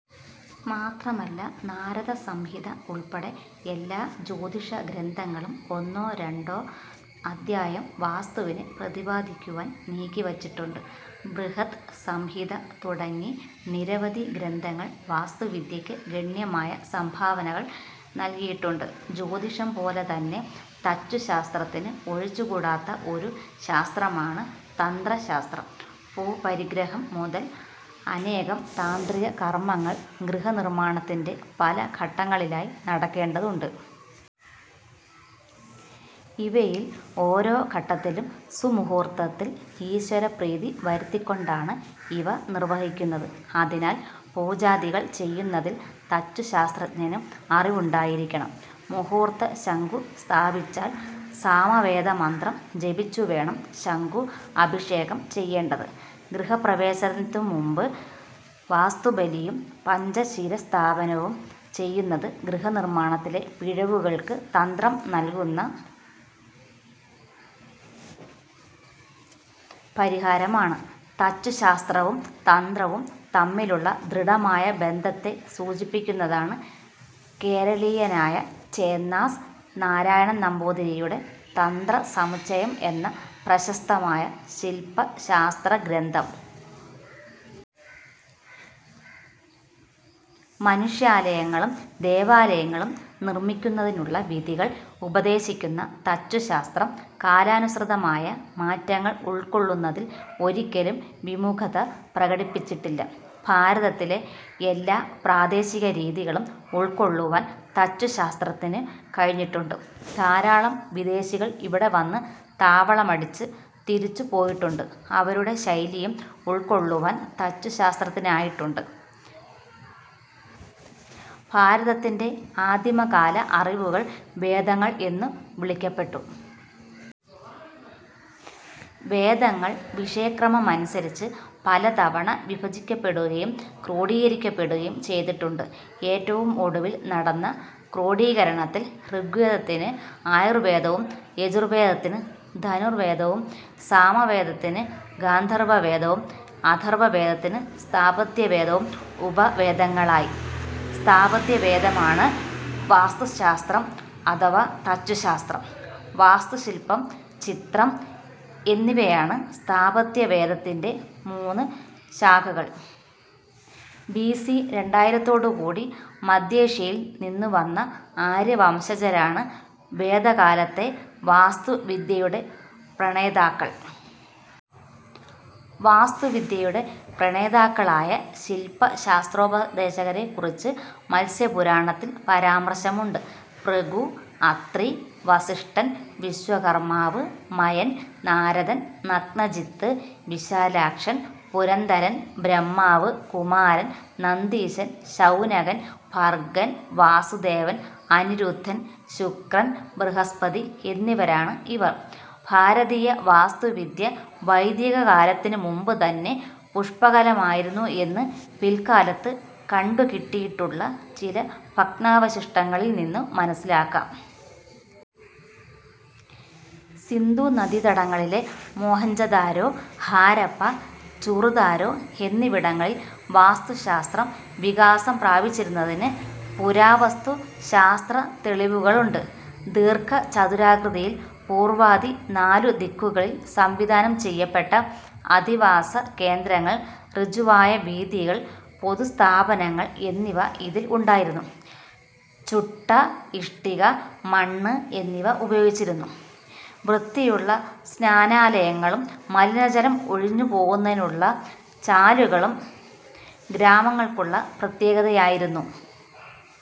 മാത്രമല്ല നാരദസംഹിത ഉൾപ്പെടെ എല്ലാ ജ്യോതിഷ ഗ്രന്ഥങ്ങളും ഒന്നോ രണ്ടോ അധ്യായം വാസ്തുവിനെ പ്രതിപാദിക്കുവാൻ നീക്കിവച്ചിട്ടുണ്ട്. ബൃഹത് സംഹിത തുടങ്ങി നിരവധി ഗ്രന്ഥങ്ങൾ വാസ്തുവിദ്യയ്ക്ക് ഗണ്യമായ സംഭാവനകൾ നല്കിയിട്ടുണ്ട്. ജ്യോതിഷംപോലെതന്നെ തച്ചുശാസ്ത്രത്തിന് ഒഴിച്ചുകൂടാത്ത ഒരു ശാസ്ത്രമാണ് തന്ത്രശാസ്ത്രം. ഭൂപരിഗ്രഹം മുതൽ അനേകം താന്ത്രിക കർമങ്ങൾ ഗൃഹനിർമ്മാണത്തിന്റെ പല ഘട്ടങ്ങളിലായി നടക്കേണ്ടതുണ്ട്. ഇവയിൽ ഓരോ ഘട്ടത്തിലും സുമുഹൂർത്തത്തിൽ ഈശ്വരപ്രീതി വരുത്തിക്കൊണ്ടാണ് ഇവ നിർവഹിക്കുന്നത്. അതിനാൽ പൂജാദികൾ ചെയ്യുന്നതിൽ തച്ചുശാസ്ത്രജ്ഞന് അറിവുണ്ടായിരിക്കണം. മുഹൂർത്തശങ്കു സ്ഥാപിച്ചാൽ സാമവേദമന്ത്രം ജപിച്ചുവേണം ശങ്കു അഭിഷേകം ചെയ്യേണ്ടത്. ഗൃഹപ്രവേശത്തിനു മുൻപ് വാസ്തുബലിയും പഞ്ച ശിരസ്ഥാപനവും ചെയ്യുന്നത് ഗൃഹനിർമ്മാണത്തിലെ പിഴവുകൾക്ക് തന്ത്രം നല്കുന്ന പരിഹാരമാണ്. തച്ചുശാസ്ത്രവും തന്ത്രവും തമ്മിലുള്ള ദൃഢമായ ബന്ധത്തെ സൂചിപ്പിക്കുന്നതാണ്, കേരളീയനായ ചേന്നാസ് നാരായണൻ നമ്പൂതിരിയുടെ തന്ത്രസമുച്ചയം എന്ന പ്രശസ്തമായ ശില്പശാസ്ത്രഗ്രന്ഥം. മനുഷ്യാലയങ്ങളും ദേവാലയങ്ങളും നിർമ്മിക്കുന്നതിനുള്ള വിധികൾ ഉപദേശിക്കുന്ന തച്ചുശാസ്ത്രം കാലാനുസൃതമായ മാറ്റങ്ങൾ ഉൾക്കൊള്ളുന്നതിൽ ഒരിക്കലും വിമുഖത പ്രകടിപ്പിച്ചിട്ടില്ല. ഭാരതത്തിലെ എല്ലാ പ്രാദേശികരീതികളും ഉൾക്കൊള്ളുവാൻ തച്ചുശാസ്ത്രത്തിനു കഴിഞ്ഞിട്ടുണ്ട്. ധാരാളം വിദേശികൾ ഇവിടെ വന്ന് താവളമടിച്ച് തിരിച്ചു പോയിട്ടുണ്ട്. അവരുടെ ശൈലിയും ഉൾക്കൊള്ളുവാൻ തച്ചുശാസ്ത്രത്തിനായിട്ടുണ്ട്. ഭാരതത്തിന്റെ ആദിമകാല അറിവുകൾ വേദങ്ങൾ എന്നു വിളിക്കപ്പെട്ടു. വേദങ്ങൾ വിഷയക്രമമനുസരിച്ച് പലതവണ വിഭജിക്കപ്പെടുകയും ക്രോഡീകരിക്കപ്പെടുകയും ചെയ്തിട്ടുണ്ട്. ഏറ്റവും ഒടുവിൽ നടന്ന ക്രോഡീകരണത്തിൽ, ഋഗ്വേദത്തിന് ആയുർവേദവും യജുർവേദത്തിന് ധനുർവേദവും, സാമവേദത്തിന് ഗാന്ധർവവേദവും, അഥർവവേദത്തിന് സ്ഥാപത്യവേദവും ഉപവേദങ്ങളായി. സ്ഥാപത്യവേദമാണ് വാസ്തുശാസ്ത്രം അഥവാ തച്ചുശാസ്ത്രം. വാസ്തുശില്പം, ചിത്രം എന്നിവയാണ് സ്ഥാപത്യവേദത്തിന്റെ മൂന്ന് ശാഖകൾ. ബി. സി. രണ്ടായിരത്തോടുകൂടി മധ്യേഷ്യയിൽ നിന്നുവന്ന ആര്യവംശജരാണ് വേദകാലത്തെ വാസ്തുവിദ്യയുടെ പ്രണേതാക്കൾ. വാസ്തുവിദ്യയുടെ പ്രണേതാക്കളായ ശില്പശാസ്ത്രോപദേശകരെക്കുറിച്ച് മത്സ്യപുരാണത്തിൽ പരാമർശമുണ്ട്. ഭൃഗു, അത്രി, വസിഷ്ഠൻ, വിശ്വകർമാവ്, മയൻ, നാരദൻ, നഗ്നജിത്ത്, വിശാലാക്ഷൻ, പുരന്ദരൻ, ബ്രഹ്മാവ്, കുമാരൻ, നന്ദീശൻ, ശൗനകൻ, ഭർഗൻ, വാസുദേവൻ, അനിരുദ്ധൻ, ശുക്രൻ, ബൃഹസ്പതി എന്നിവരാണ് ഇവർ. ഭാരതീയ വാസ്തുവിദ്യ വൈദികകാലത്തിനു മുമ്പുതന്നെ പുഷ്കലമായിരുന്നു എന്ന് പില്ക്കാലത്ത് കണ്ടുകിട്ടിയിട്ടുള്ള ചില ഭഗ്നാവശിഷ്ടങ്ങളിൽ നിന്നു മനസ്സിലാക്കാം. സിന്ധു നദീതടങ്ങളി ലെ മോഹൻജദാരോ, ഹാരപ്പാ, ചുറുദാരോ എന്നിവിടങ്ങളിൽ വാസ്തുശാസ്ത്രം വികാസം പ്രാപിച്ചിരുന്നതിന് പുരാവസ്തു ശാസ്ത്രത്തെളിവുകളുണ്ട്. ദീർഘ ചതുരാകൃതിയിൽ പൂർവാദി നാലു ദിക്കുകളിൽ സംവിധാനം ചെയ്യപ്പെട്ട അധിവാസകേന്ദ്രങ്ങൾ, ഋജുവായ വീഥികൾ, പൊതുസ്ഥാപനങ്ങൾ എന്നിവ ഇതിൽ ഉണ്ടായിരുന്നു. ചുട്ട ഇഷ്ടിക, മണ്ണ് എന്നിവ ഉപയോഗിച്ചിരുന്നു. വൃത്തിയുള്ള സ്നാനാലയങ്ങളും മലിനജലം ഒഴിഞ്ഞു പോകുന്നതിനുള്ള ചാലുകളും ഗ്രാമങ്ങൾക്കുള്ള പ്രത്യേകതയായിരുന്നു.